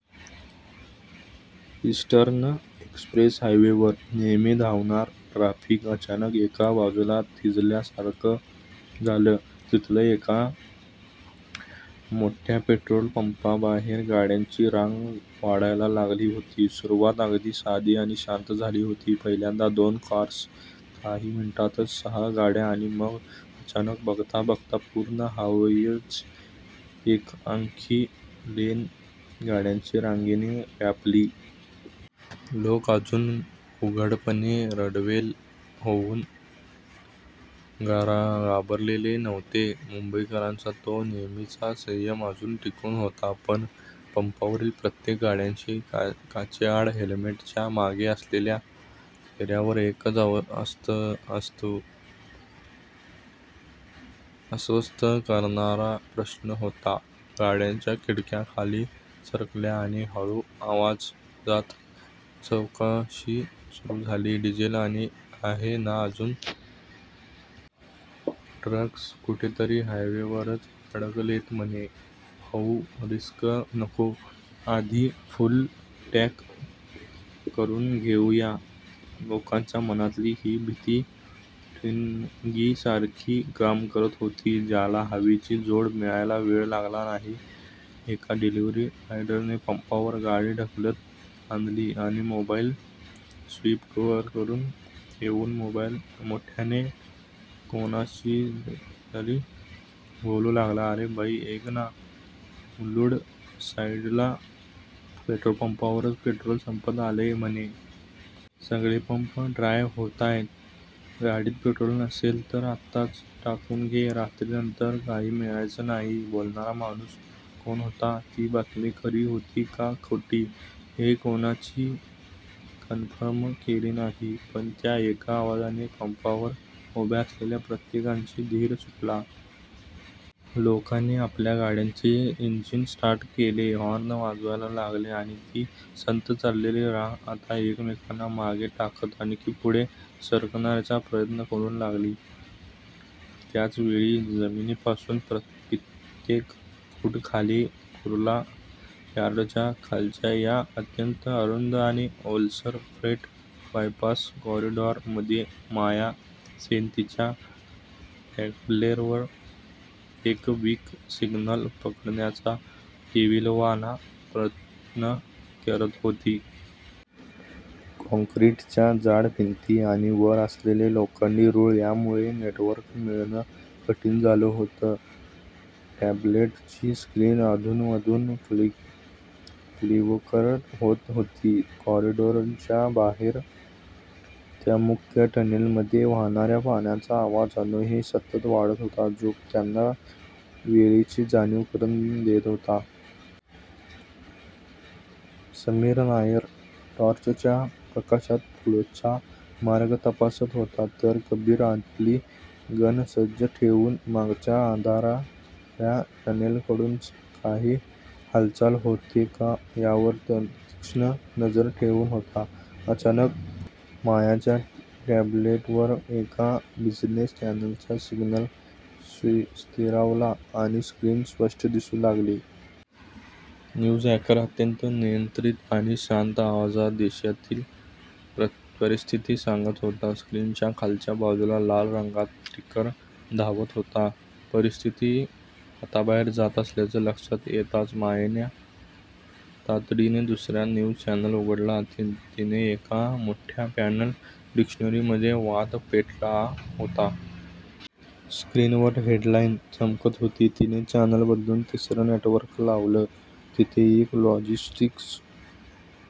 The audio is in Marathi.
ईस्टर्न एक्सप्रेस हायवेवर नेहमी धावणारं ट्रॅफिक अचानक एका बाजूला थिजल्यासारखं झालं. तिथल्या एका मोठ्या पेट्रोल पंपाबाहेर गाड्यांची रांग वाढायला लागली होती. सुरुवात अगदी साधी आणि शांत झाली होती. पहिल्यांदा दोन कार्स काही मिनिटांतच सहा गाड्या आणि मग अचानक, बघता बघता पूर्ण हायवेची एक अख्खी लेन गाड्यांच्या रांगेने व्यापली. लोक अजून उघडपणे, रडवेले होऊन घाबरलेले नव्हते. मुंबईकरांचा तो नेहमीचा संयम अजून टिकून होता, पण पंपावरील प्रत्येक गाडीच्या काचेआड, हेल्मेटच्या मागे असलेल्या चेहऱ्यावर एकच अस्वस्थ करणारा प्रश्न होता. गाड्यांच्या खिडक्या खाली सरकल्या आणि हळू आवाजात चौकशी सुरू झाली, "डिझेल आहे ना अजून? " "टँकर्स कुठेतरी हायवेवरच अडकलेत म्हणे " "भाऊ, रिस्क नको आधी फुल टँक करून घेऊ या. " लोकांच्या मनातली ही भीती ठिणगीसारखी काम करत होती, ज्याला हवेची जोड मिळायला वेळ लागला नाही. एका डिलिव्हरी रायडरने पंपावर गाडी ढकलत आणली आणि मोबाईल स्पीकरवर ठेवून मोठ्याने कोणाशीतरी बोलू लागला, "अरे भाई, ऐक ना मुलुंड साईडला पेट्रोल पंपावरचं पेट्रोल संपत आलंय म्हणे. सगळे पंप ड्राय होतायत. गाडीत पेट्रोल नसेल तर आत्ताच टाकून घे, रात्रीनंतर काही मिळायचं नाही. " बोलणारा माणूस कोण होता? ती बातमी खरी होती की खोटी? हे कोणीच कन्फर्म केलं नाही. पण त्या एका आवाजाने पंपावर उभ्या असलेल्या प्रत्येकाचा धीर सुटला. लोकांनी आपल्या गाड्यांचे इंजिन स्टार्ट केले, हॉर्न वाजायला लागले आणि ती संथ चाललेली रांग आता एकमेकांना मागे टाकत आणखी पुढे सरकण्याचा प्रयत्न करू लागली. त्याच वेळी, जमिनीपासून कित्येक फूट खाली कुर्ला यार्डाच्या खालच्या त्या अत्यंत अरुंद आणि ओलसर 'फ्रेट बायपास कॉरिडॉर'मध्ये माया सेन तिच्या टॅब्लेटवर एक वीक सिग्नल पकडण्याचा केविलवाणा प्रयत्न करत होती. काँक्रीटच्या जाड भिंती आणि वर असलेले लोखंडी रूळ यांमुळे नेटवर्क मिळणं कठीण झालं होतं. टॅब्लेटची स्क्रीन अधूनमधून फ्लिकर होत होती. कॉरिडॉरच्या बाहेर, त्या मुख्य टनेलमध्ये वाहणाऱ्या पाण्याचा आवाज अजूनही सतत वाढत होता, जो त्यांना वेळेची जाणीव करून देत होता. समीर नायर टॉर्चच्या प्रकाशात पुढचा मार्ग तपासत होता, तर कबीर आपली गन सज्ज ठेवून मागच्या अंधाऱ्या टनेलकडून काही हालचाल होते का, यावर तीक्ष्ण नजर ठेवून होता. अचानक, मायाच्या टॅब्लेटवर एका बिझनेस चॅनेलचा सिग्नल स्थिरावला आणि स्क्रीन स्पष्ट दिसू लागली. न्यूज अँकर अत्यंत नियंत्रित आणि शांत आवाजात देशातील परिस्थिती सांगत होता, स्क्रीनच्या खालच्या बाजूला लाल रंगात टिकर धावत होता. परिस्थिती हाताबाहेर जात असल्याचं लक्षात येताच मायाने तातडीने दुसरा न्यूज चॅनेल उघडला. तिथे एका मोठ्या पॅनल डिस्कशनमध्ये वाद पेटला होता. स्क्रीनवर हेडलाईन चमकत होती. तिने चॅनेल बदलून तिसरं नेटवर्क लावलं. तिथे एक लॉजिस्टिक्स